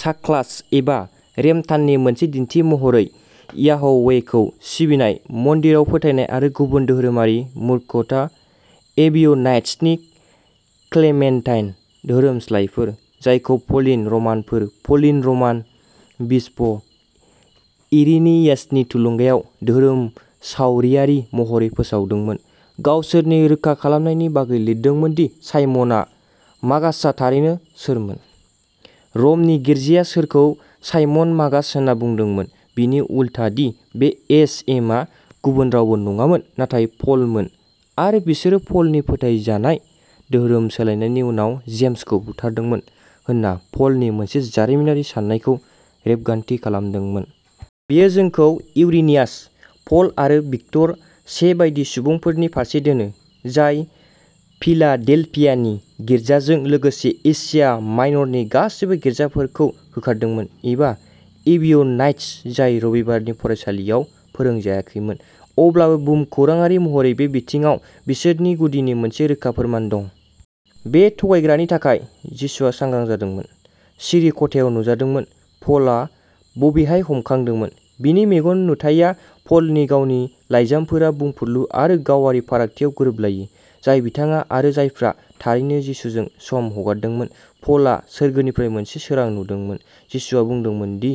साक्लास एबा रेमथाननि मोनसे दिन्थि महरै याहवेखौ सिबिनाय, मन्दिराव फोथायनाय आरो गुबुन धोरोमारि मूर्खता एबिय'नाइट्सनि क्लेमेन्टाइन धोरोमस्लायफोर, जायखौ प'लिन रमानफोरा प'लिन रमान बिसप इरिनियासनि थुलुंगायाव "धोरोमसावरियारि" महरै फोसावदोंमोन, गावसोरनि रोखा खालामनायनि बागै लिरदोंमोन दि साइमन मागासआ थारैनो सोरमोन, रमनि गिर्जाया सोरखौ साइमन मागास होनना बुंदोंमोन बिनि उलथा दि बे एस एम आ गुबुन रावबो नङामोन नाथाय प'लमोन आरो बिसोरो प'लनि फोथायजानाय धोरोम सोलायनायनि उनाव जेम्सखौ बुथारदोंमोन होनना प'लनि मोनसे जारिमिनारि साननायखौ रेबगान्थि खालामदोंमोन। बेयो जोंखौ इरिनियास, प'ल आरो भिक्टर से बायदि सुबुंफोरनि फारसे दोनो, जाय फिलाडेल्फियानि गिर्जाजों लोगोसे एशिया माइनरनि गासिबो गिर्जाफोरखौ होखारदोंमोन एबा एबिय'नाइट्स जाय रबिबारनि फरायसालियाव फोरोंजायाखैमोन, अब्लाबो भुमखौराङारि महरै बे बिथिङाव बिसोरनि गुदिनि मोनसे रोखा फोरमान दं। बे थगायग्रानि थाखाय, जिसुआ सांग्रां जादोंमोन, सिरि खथायाव नुजादोंमोन, प'लआ बबेहाय हामखांदोंमोन? बिनि मेगन नुथाइया पलनि गावनि लाइजामफोरा बुंफुरलु आरो गावारि फारागथियाव गोरोबलायै, जाय बिथाङा आरो जायफ्रा थारैनो जिसुजों सम हगारदोंमोन। पलआ सोरगोनिफ्राय मोनसे सोरां नुदोंमोन, जिसुआ बुंदोंमोन दि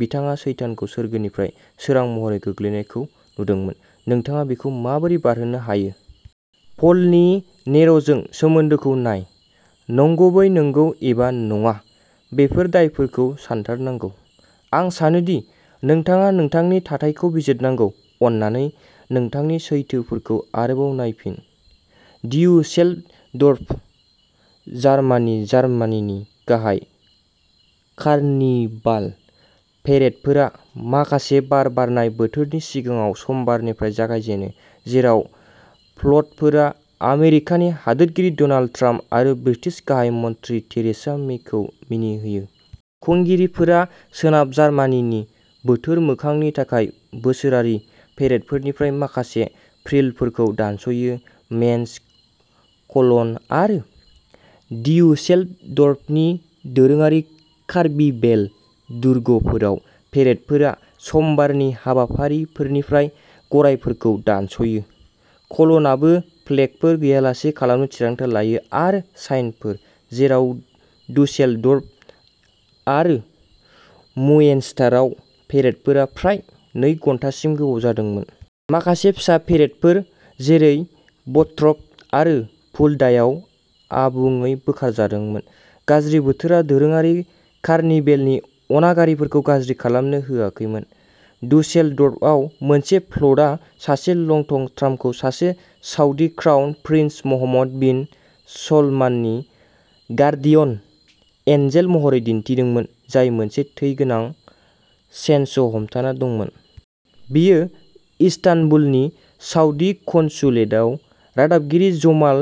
बिथाङा सैतानखौ सोरगोनिफ्राय सोरां महरै गोग्लैनायखौ नुदोंमोन, नोंथाङा बेखौ माबोरै बारहोनो हायो? पलनि नेर'जों सोमोन्दोखौ नाय नंगुबै नंगौ एबा नङा, बेफोर दायफोरखौ सानथारनांगौ। आं सानो दि नोंथाङा नोंथांनि थाथायखौ बिजिरनांगौ। अन्नानै, नोंथांनि सैथोफोरखौ आरोबाव नायफिन। ड्युसेलडर्फ, जार्मानी जार्मानीनि गाहाय कार्निभाल पेरेडफोरा माखासे बार बारनाय बोथोरनि सिगाङाव समबारनिफ्राय जागायजेनो, जेराव फ्ल'टफोरा आमेरिकानि हादोरगिरि डनाल्ड ट्राम्प आरो ब्रिटिश गाहाय मन्थ्रि थेरेसा मेखौ मिनिहोयो। खुंगिरिफोरा सोनाब जार्मानीनि बोथोर मोखांनि थाखाय बोसोरारि पेरेडफोरनिफ्राय माखासे फ्रिलफोरखौ दानस'यो। मेन्ज, क'लन आरो ड्युसेलडर्फनि दोरोङारि कार्निभेल दुर्गफोराव पेरेडफोरा समबारनि हाबाफारिफोरनिफ्राय गरायफोरखौ दानस'यो। क'लनआबो फ्लेगफोर गैयालासे खालामनो थिरांथा लायो आरो साइनफोर, जेराव डुसेलडर्फ आरो मुएनस्टारआव पेरेडफोरा फ्राय नै घन्टासिम गोबाव जादोंमोन। माखासे फिसा पेरेडफोर, जेरै बट्रप आरो फुल्डायाव आबुङै बोखारजादोंमोन। गाज्रि बोथोरा दोरोङारि कार्निभेलनि अनागारिखौ गाज्रि खालामनो होआखैमोन। डुसेलडर्फआव, मोनसे फ्ल'टआ सासे लंथं ट्राम्पखौ सासे Saudi crown prince Mohammed bin सलमाननि गार्डियन एन्जेल महरै दिन्थिदोंमोन, जाय मोनसे थै गोनां चेनस'हमथाना दंमोन। बेयो इस्तानबुलनि साउदी कन्सुलेटआव रादाबगिरि जमाल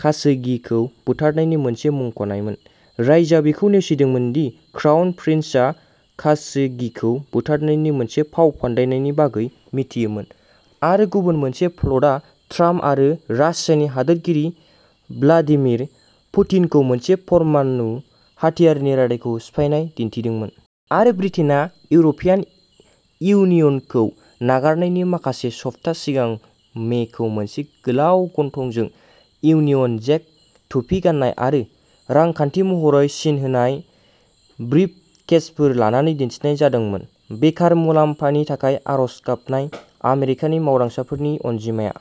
खाशोगिखौ बुथारनायनि मोनसे मुंख'नायमोन। रायजोआ बेखौ नेवसिदोंमोन दि क्राउन प्रिन्सआ खाशोगिखौ बुथारनायनि मोनसे फावफान्दायनायनि बागै मिथियोमोन। गुबुन मोनसे फ्ल'टआ ट्राम्प आरो रासियानि हादोरगिरि भ्लादिमिर पुतिनखौ मोनसे परमाणु हाथियारनि रादाइखौ सिफायनाय दिन्थिदोंमोन। आरो ब्रिटेनआ इउर'पियान इउनियनखौ नागारनायनि माखासे सप्ता सिगां मेखौ मोनसे गोलाव गन्थंजों इउनियन जेक टुपि गान्नाय आरो "रांखान्थि" महरै सिन होनाय ब्रिफकेसफोर लानानै दिन्थिनाय जादोंमोन। बेकार मुलाम्फानि थाखाय आर'ज गाबनाय आमेरिकानि मावदांसाफोरनि अनजिमाया।